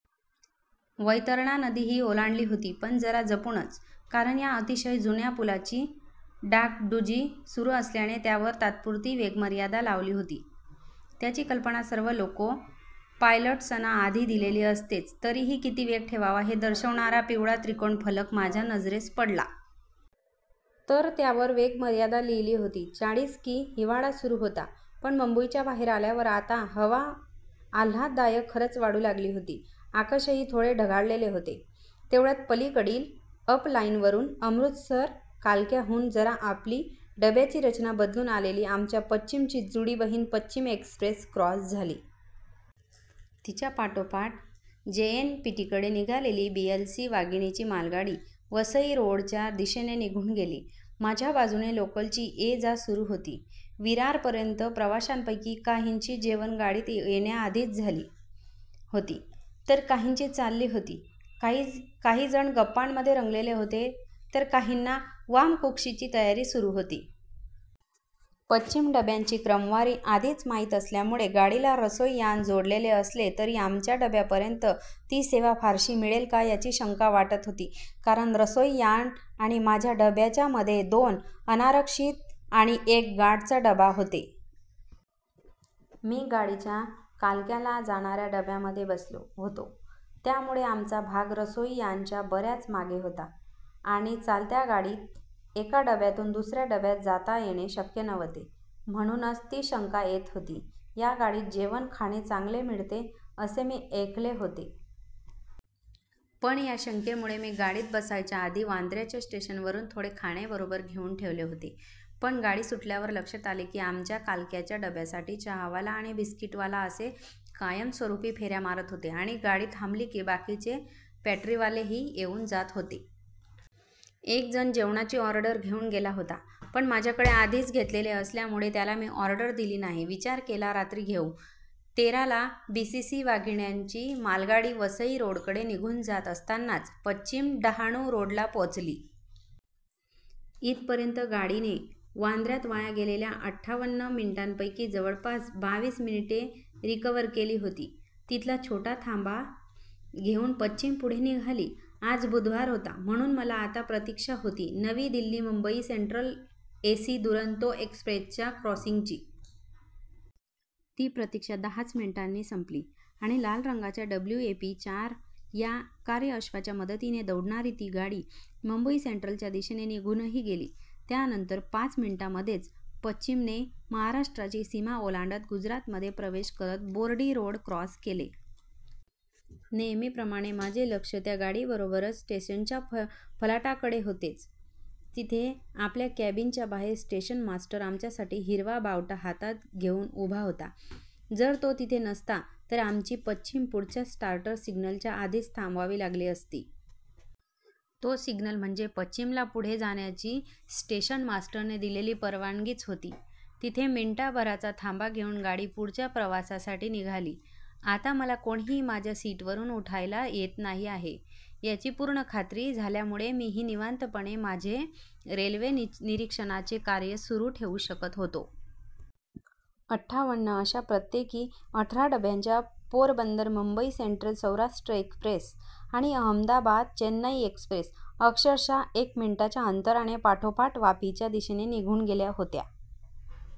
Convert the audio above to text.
वैतरणा नदीही ओलांडली होती. पण जरा जपूनच, कारण या अतिशय जुन्या पुलाची डागडुजी सुरू असल्याने त्यावर तात्पुरती वेगमर्यादा लावली होती. त्याची कल्पना सर्व लोको पायलट्सना आधी दिलेली असतेच, तरीही किती वेग ठेवावा हे दर्शवणारा पिवळा त्रिकोणी फलक माझ्या नजरेस पडला. तर त्यावर वेगमर्यादा लिहिली होती, चाळीस कि. हिवाळा सुरू होता, पण मुंबईच्या बाहेर आल्यावर आता हवा आल्हाददायक खरंच वाढू लागली होती. आकाशही थोडे ढगाळलेले होते. तेवढ्यात पलीकडील अप लाईनवरून अमृतसर कालक्याहून जरा आपली डब्यांची रचना बदलून आलेली आमच्या पश्चिमची जुळी बहीण पश्चिम एक्सप्रेस क्रॉस झाली. तिच्यापाठोपाठ जेएनपीटीकडे निघालेली बीएलसी वाघिणींची मालगाडी वसई रोडच्या दिशेने निघून गेली. माझ्या बाजूने लोकलची ये-जा सुरू होती विरारपर्यंत. प्रवाशांपैकी काहींची जेवणं गाडीत येण्याआधीच झाली होती, तर काहींची चालली होती. काही जण गप्पांमध्ये रंगलेले होते, तर काहींची वामकुक्षीची तयारी सुरू होती. पश्चिमच्या डब्यांची क्रमवारी आधीच माहीत असल्यामुळे गाडीला रसोई यान जोडलेले असले तरी आमच्या डब्यापर्यंत ती सेवा फारशी मिळेल का याची शंका वाटत होती. कारण रसोई यान आणि माझ्या डब्याच्यामध्ये दोन अनारक्षित आणि एक गार्डचा डबा होते. मी गाडीच्या कालक्याला जाणाऱ्या डब्यांमध्ये बसलो होतो. त्यामुळे आमचा भाग रसोई यानच्या बराच मागे होता आणि चालत्या गाडीत एका डब्यातून दुसऱ्या डब्यात जाता येणे शक्य नव्हते. म्हणूनच ती शंका येत होती. या गाडीत जेवण खाणे चांगले मिळते असे मी ऐकले होते. पण या शंकेमुळे मी गाडीत बसायच्या आधी वांद्र्याच्या स्टेशनवरून थोडे खाणे बरोबर घेऊन ठेवले होते. पण गाडी सुटल्यावर लक्षात आले की, आमच्या कालक्याच्या डब्यांसाठी चहावाला आणि बिस्कीटवाला असे कायमस्वरूपी फेऱ्या मारत होते आणि गाडी थांबली की बाकीचे पँट्रीवालेही येऊन जात होते. एक जण जेवणाची ऑर्डर घेऊन गेला होता, पण माझ्याकडे आधी घेतलेले असल्यामुळे त्याला मी ऑर्डर दिली नाही. विचार केला रात्री घेऊ. तेरा ला बीसीसी वाघिण्यांची मालगाडी वसई रोडकडे निघून जात असतानाच पश्चिम डहाणू रोडला पोहोचली. इथपर्यंत गाडीने वांद्र्यात वाया गेलेल्या अठ्ठावन्न मिनिटांपैकी जवळपास बावीस मिनिटे रिकव्हर केली होती. तिथला छोटा थांबा घेऊन पश्चिम पुढे निघाली. आज बुधवार होता. म्हणून मला आता प्रतीक्षा होती नवी दिल्ली मुंबई सेंट्रल एसी दुरंतो एक्सप्रेसच्या क्रॉसिंगची. ती प्रतीक्षा दहा च मिनिटांनी संपली आणि लाल रंगाच्या डब्ल्यूएपी चार या कार्यअश्वाच्या मदतीने दौडणारी ती गाडी मुंबई सेंट्रलच्या दिशेने निघूनही गेली. त्यानंतर पाच मिनिटांमध्येच पश्चिमने महाराष्ट्राची सीमा ओलांडत गुजरातमध्ये प्रवेश करत बोर्डी रोड क्रॉस केले. नेहमीप्रमाणे माझे लक्ष त्या गाडीबरोबरच स्टेशनवरच्या फलाटाकडे होतेच. तिथे आपल्या केबिनच्या बाहेर स्टेशन मास्टर आमच्यासाठी हिरवा बावटा हातात घेऊन उभा होता. जर तो तिथे नसता, तर आमची पश्चिम पुढच्या स्टार्टर सिग्नलच्या आधीच थांबवावी लागली असती. तो सिग्नल म्हणजे पश्चिमला पुढे जाण्याची स्टेशन मास्टरने दिलेली परवानगीच होती. तिथे मिनिटाभराचा थांबा घेऊन गाडी पुढच्या प्रवासासाठी निघाली. आता मला कोणीही माझ्या सीटवरून उठवायला येत नाही आहे याची पूर्ण खात्री झाल्यामुळे मीही निवांतपणे माझे रेल्वे निरीक्षणाचे कार्य सुरू ठेऊ शकत होतो. अठ्ठावन्न अशा प्रत्येकी अठरा डब्यांच्या पोरबंदर मुंबई सेंट्रल सौराष्ट्र एक्सप्रेस आणि अहमदाबाद चेन्नई एक्सप्रेस अक्षरशः एक मिनिटांच्या अंतराने पाठोपाठ वापीच्या दिशेने निघून गेल्या होत्या.